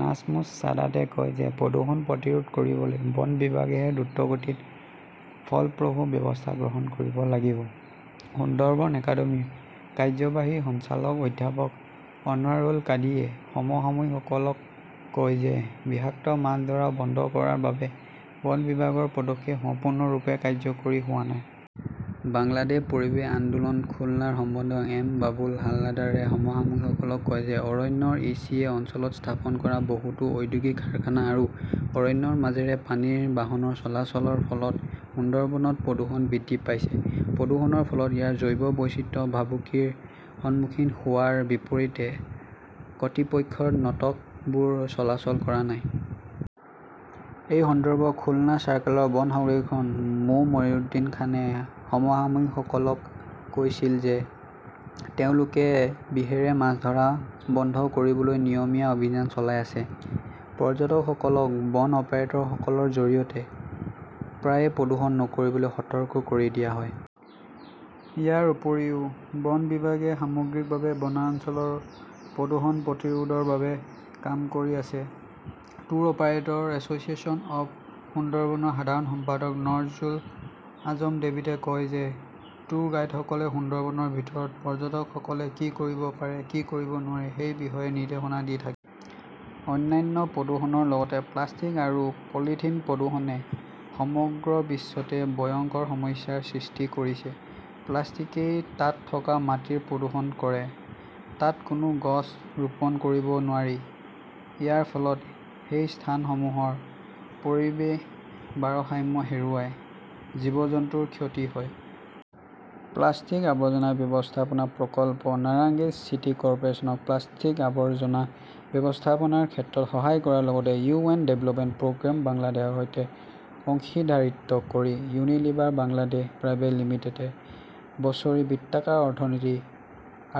নাজমুছ ছাদাতে কয় যে প্ৰদূষণ প্ৰতিৰোধ কৰিবলৈ বন বিভাগেহে দ্ৰুতগতিত ফলপ্ৰসূ ব্যৱস্থা গ্ৰহণ কৰিব লাগিব। সুন্দৰবন একাডেমীৰ কাৰ্যবাহী সঞ্চালক অধ্যাপক অনৱাৰুল কাদিয়ে সমসাময়িকসকলক কয় যে বিষাক্ত মাছ ধৰা বন্ধ কৰাৰ বাবে বন বিভাগৰ পদক্ষেপ সম্পূৰ্ণৰূপে কাৰ্যকৰী হোৱা নাই। বাংলাদেশ পৰিৱেশ আন্দোলন খুলনাৰ সমন্ধ এম বাবুল হাওলাডাৰে সমসাময়িকসকলক কয় যে অৰণ্যৰ ই. চি. এ. অঞ্চলত স্থাপন কৰা বহুতো ঔদ্যোগিক কাৰখানা আৰু অৰণ্যৰ মাজেৰে পানীৰ বাহনৰ চলাচলৰ ফলত সুন্দৰবনত প্ৰদূষণ বৃদ্ধি পাইছে। প্ৰদূষণৰ ফলত ইয়াৰ জৈৱ বৈচিত্ৰ্য ভাবুকিৰ সন্মুখীন হোৱাৰ বিপৰীতে কৰ্তৃপক্ষৰ নটকবোৰ চলাচল কৰা নাই। এই সন্দৰ্ভক খুলনা চাৰ্কেলৰ বন সংৰক্ষন মো. মইনুদ্দিন খানে সমসাময়িকসকলক কৈছিল যে তেওঁলোকে বিষৰে মাছ ধৰা বন্ধ কৰিবলৈ নিয়মীয়া অভিযান চলাই আছে। পৰ্যটকসকলক বণ অপাৰেটৰসকলৰ জৰিয়তে প্ৰায়ে প্ৰদূষণ নকৰিবলৈ সতৰ্ক কৰি দিয়া হয়। ইয়াৰ উপৰিও, বন বিভাগে সামগ্ৰিকভাৱে বনাঞ্চলৰ প্ৰদূষণ প্ৰতিৰোধৰ বাবে কাম কৰি আছে। Tour operator "association of Sundarban ৰ সাধাৰণ সম্পাদক নজজুল আজম ডেভিডে কয় যে ট্যুৰ গাইডসকলে সুন্দৰবনৰ ভিতৰত পৰ্যটকসকলে কি কৰিব পাৰে আৰু কি কৰিব নোৱাৰে সেই বিষয়ে নিৰ্দেশনা দি থাকে। অন্যান্য প্ৰদূষণৰ লগতে প্লাষ্টিক আৰু পলিথিন প্ৰদূষণে সমগ্ৰ বিশ্বতে ভয়ংকৰ সমস্যাৰ সৃষ্টি কৰিছে। প্লাষ্টিকেই তাত থকা মাটিৰ প্ৰদূষণ কৰে। তাত কোনো গছ ৰোপণ কৰিব নোৱাৰি। ইয়াৰ ফলত সেই স্থানসমূহৰ পৰিৱেশৰ ভাৰসাম্য হেৰুৱায়, জীৱ-জন্তুৰ ক্ষতি হয়। প্লাষ্টিক আৱৰ্জনা ব্যৱস্থাপনা প্ৰকল্প নাৰাংয়েজ চিটি কৰ্পোৰেচন ক প্লাষ্টিক আৱৰ্জনা ব্যৱস্থাপনাৰ ক্ষেত্ৰত সহায় কৰাৰ লগতে ইউ. এন. ডেভেলপমেণ্ট প্ৰগ্ৰেম বাংলাদেশৰ সৈতে অংশীদাৰিত্ব কৰি ইউনিলিভাৰ বাংলাদেশ লিমিটেডে বছৰীয়া বৃত্তাকাৰ অৰ্থনীতি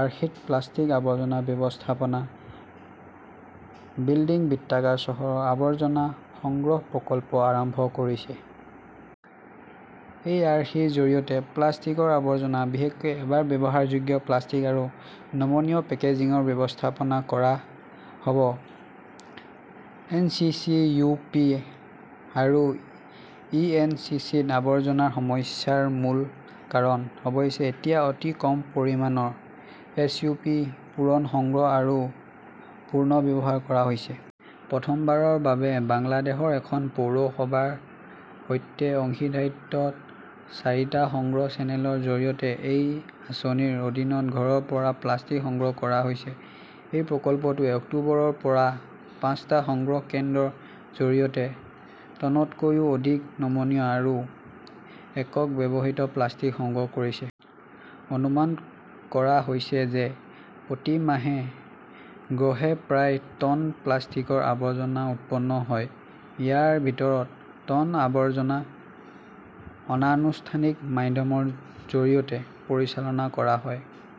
আৰ্হিত 'প্লাষ্টিক আৱৰ্জনা ব্যৱস্থাপনাঃ বিল্ডিং বৃত্তাকাৰ চহৰ' আৱৰ্জনা সংগ্ৰহ প্ৰকল্প আৰম্ভ কৰিছে। এই আৰ্হিৰ জৰিয়তে প্লাষ্টিকৰ আৱৰ্জনা, বিশেষকৈ এবাৰ ব্যৱহাৰযোগ্য প্লাষ্টিক আৰু নমনীয় পেকেজিংৰ ব্যৱস্থাপনা কৰা হ 'ব। N. C. C. U. P. আৰু ই এন. চি. চি. ত আৱৰ্জনাৰ সমস্যাৰ মূল কাৰণ। অৱশ্যে, এতিয়া অতি কম পৰিমাণৰ এছউপি পুৰণ সংগ্ৰহ আৰু পুনৰ্ব্যৱহাৰ কৰা হৈছে। প্ৰথমবাৰৰ বাবে বাংলাদেশৰ এখন পৌৰসভাৰ সৈতে অংশীদাৰিত্বত চাৰি টা সংগ্ৰহ চেনেলৰ জৰিয়তে এই আঁচনিৰ অধীনত ঘৰৰ পৰা প্লাষ্টিক সংগ্ৰহ কৰা হৈছে। এই প্ৰকল্পটোৱে অক্টোবৰৰ পৰা পাঁচ টা সংগ্ৰহ কেন্দ্ৰৰ জৰিয়তে টনতকৈও অধিক নমনীয় আৰু একক ব্যৱহৃত প্লাষ্টিক সংগ্ৰহ কৰিছে। অনুমান কৰা হৈছে যে প্ৰতি মাহে গড়ে প্ৰায় টন প্লাষ্টিকৰ আৱৰ্জনা উৎপন্ন হয়। ইয়াৰ ভিতৰত টন আৱৰ্জনা অনানুষ্ঠানিক মাধ্যমৰ জৰিয়তে পৰিচালনা কৰা হয়,